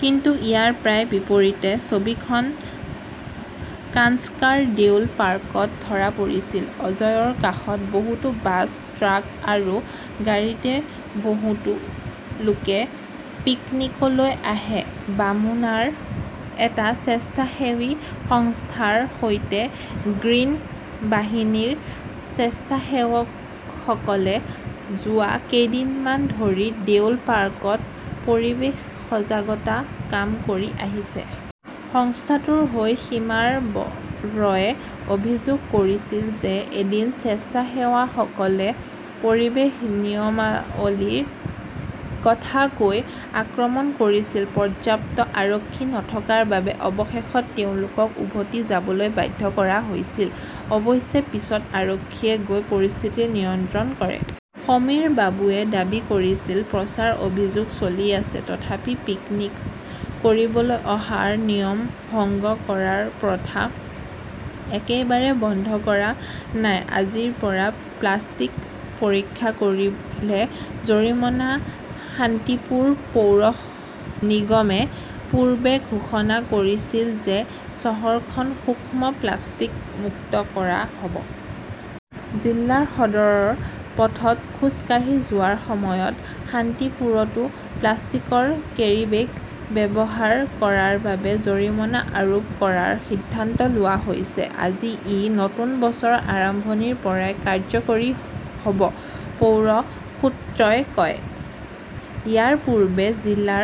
কিন্তু ইয়াৰ প্ৰায় বিপৰীত ছবিখন কানক্সাৰ দেউল পাৰ্কত ধৰা পৰিছিল। অজয়ৰ কাষত বহুতো বাছ, ট্ৰাক আৰু গাড়ীৰে বহুতো লোকে পিকনীলৈ আহে। বামুনাৰাৰ এটা স্বেচ্ছাসেৱী সংস্থাৰ হৈ 'গ্ৰীণ বাহিনী "ৰ স্বেচ্ছাসেৱকসকলে যোৱা কেইদিনমান ধৰি দেউল পাৰ্কত পৰিৱেশ সজাগতাৰ কাম কৰি আহিছে। সংস্থাটোৰ হৈ সমীৰ ৰয়ে অভিযোগ কৰিছিল যে এদিন স্বেচ্ছাসেৱকসকলে পৰিৱেশ নিয়মাৱলীৰ কথা কৈ আক্ৰমণ কৰিছিল। পৰ্যাপ্ত আৰক্ষী নথকাৰ বাবে অৱশেষত তেওঁলোকক উভতি যাবলৈ বাধ্য কৰা হৈছিল। অৱশ্যে পিছত আৰক্ষীয়ে গৈ পৰিস্থিতি নিয়ন্ত্ৰণ কৰে। সমীৰ বাবুৱে দাবী কৰিছিল, "প্ৰচাৰ অভিযান চলি আছে। তথাপিও, পিকনিক কৰিবলৈ অহাৰ নিয়ম ভংগ কৰাৰ প্ৰথা একেবাৰে বন্ধ হোৱা নাই। "। আজিৰ পৰা প্লাষ্টিক পৰীক্ষা কৰিলে জৰিমনা শান্তিপুৰ পৌৰ নিগমে পূৰ্বে ঘোষণা কৰিছিল যে চহৰখন সূক্ষ্ম প্লাষ্টিক মুক্ত কৰা হ 'ব। জিলা সদৰৰ পথত খোজ কাঢ়ি যোৱাৰ সময়ত শান্তিপুৰতো প্লাষ্টিকৰ কেৰীবেগ ব্যৱহাৰ কৰাৰ বাবে জৰিমনা আৰোপ কৰাৰ সিদ্ধান্ত লোৱা হৈছে। আজি, ই নতুন বছৰৰ আৰম্ভণিৰ পৰাই কাৰ্যকৰী হ 'ব, পৌৰ সূত্ৰই কয়। ইয়াৰ পূৰ্বে জিলা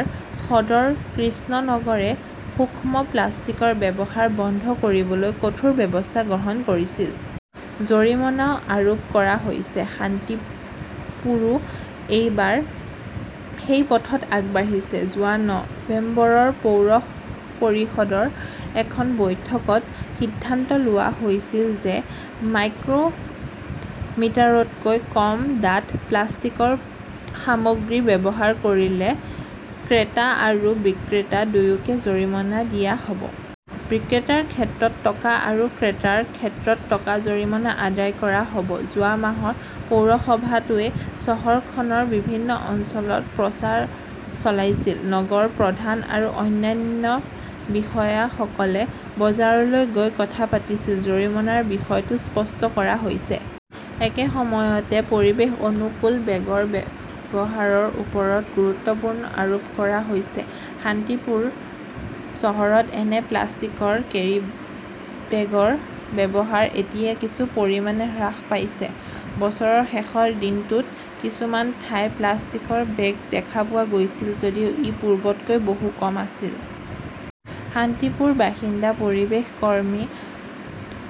সদৰ কৃষ্ণনগৰে সূক্ষ্ম প্লাষ্টিকৰ ব্যৱহাৰ বন্ধ কৰিবলৈ কঠোৰ ব্যৱস্থা গ্ৰহণ কৰিছিল। জৰিমনাও আৰোপ কৰা হৈছে। শান্তিপুৰো এইবাৰ সেই পথত আগবাঢ়িছে। যোৱা নৱেম্বৰত পৌৰ পৰিষদৰ এখন বৈঠকত সিদ্ধান্ত লোৱা হৈছিল যে মাইক্ৰ "মিটাৰতকৈ কম ডাঠ প্লাষ্টিকৰ সামগ্ৰী ব্যৱহাৰ কৰিলে ক্ৰেতা আৰু বিক্ৰেতা দুয়োকে জৰিমনা দিয়া হ" ব। বিক্ৰেতাৰ ক্ষেত্ৰত টকা আৰু ক্ৰেতাৰ ক্ষেত্ৰত টকা জৰিমনা আদায় কৰা হ "ব। যোৱা মাহত পৌৰসভাটোৱে চহৰখনৰ বিভিন্ন অঞ্চলত প্ৰচাৰ চলাইছিল। নগৰ প্ৰধান আৰু অন্যান্য বিষয়াসকলে বজাৰলৈ গৈ কথা পাতিছিল। জৰিমনাৰ বিষয়টোও স্পষ্ট কৰা হৈছে। একে সময়তে, পৰিৱেশ-অনুকূল বেগৰ ব্যৱহাৰৰ ওপৰত গুৰুত্ব আৰোপ কৰা হৈছে। শান্তিপুৰ চহৰত এনে প্লাষ্টিকৰ কেৰিব্যাগৰ ব্যৱহাৰ এতিয়া কিছু পৰিমাণে হ্ৰাস পাইছে। বছৰৰ শেষৰ দিনটোত কিছুমান ঠাইত প্লাষ্টিকৰ বেগ দেখা পোৱা গৈছিল যদিও ই পূৰ্বতকৈ বহু কম আছিল। শান্তিপুৰৰ বাসিন্দা পৰিৱেশ কৰ্মী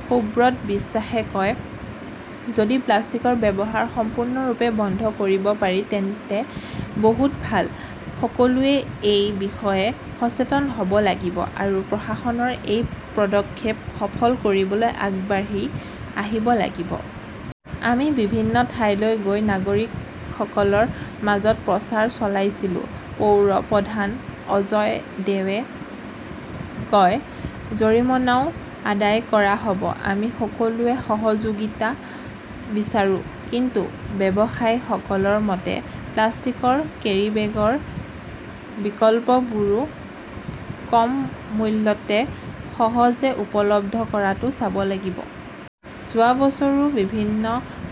সুব্ৰত বিশ্বাসে কয়, "যদি প্লাষ্টিকৰ ব্যৱহাৰ সম্পূৰ্ণৰূপে বন্ধ কৰিব পাৰি তেন্তে বহুত ভাল। সকলোৱে এই বিষয়ে সচেতন হ "ব লাগিব আৰু প্ৰশাসনৰ এই পদক্ষেপ সফল কৰিবলৈ আগবাঢ়ি আহিব লাগিব। "আমি বিভিন্ন ঠাইলৈ গৈ নাগৰিকসকলৰ মাজত প্ৰচাৰ চলাইছিলো", পৌৰ প্ৰধান অজয় দেয়ে কয়। জৰিমনাও আদায় কৰা হ "ব। আমি সকলোৰে সহযোগিতা বিচাৰো। "কিন্তু ব্যৱসায়ীসকলৰ মতে, প্লাষ্টিকৰ কেৰিব্যাগৰ বিকল্পবোৰো কম মূল্যত সহজে উপলব্ধ কৰাটো চাব লাগিব। যোৱা বছৰো বিভিন্ন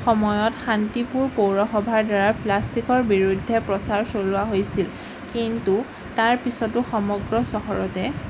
সময়ত শান্তিপুৰ পৌৰসভাৰ দ্বাৰা প্লাষ্টিকৰ বিৰুদ্ধে প্ৰচাৰ চলোৱা হৈছিল। কিন্তু তাৰ পিছতো সমগ্ৰ চহৰতে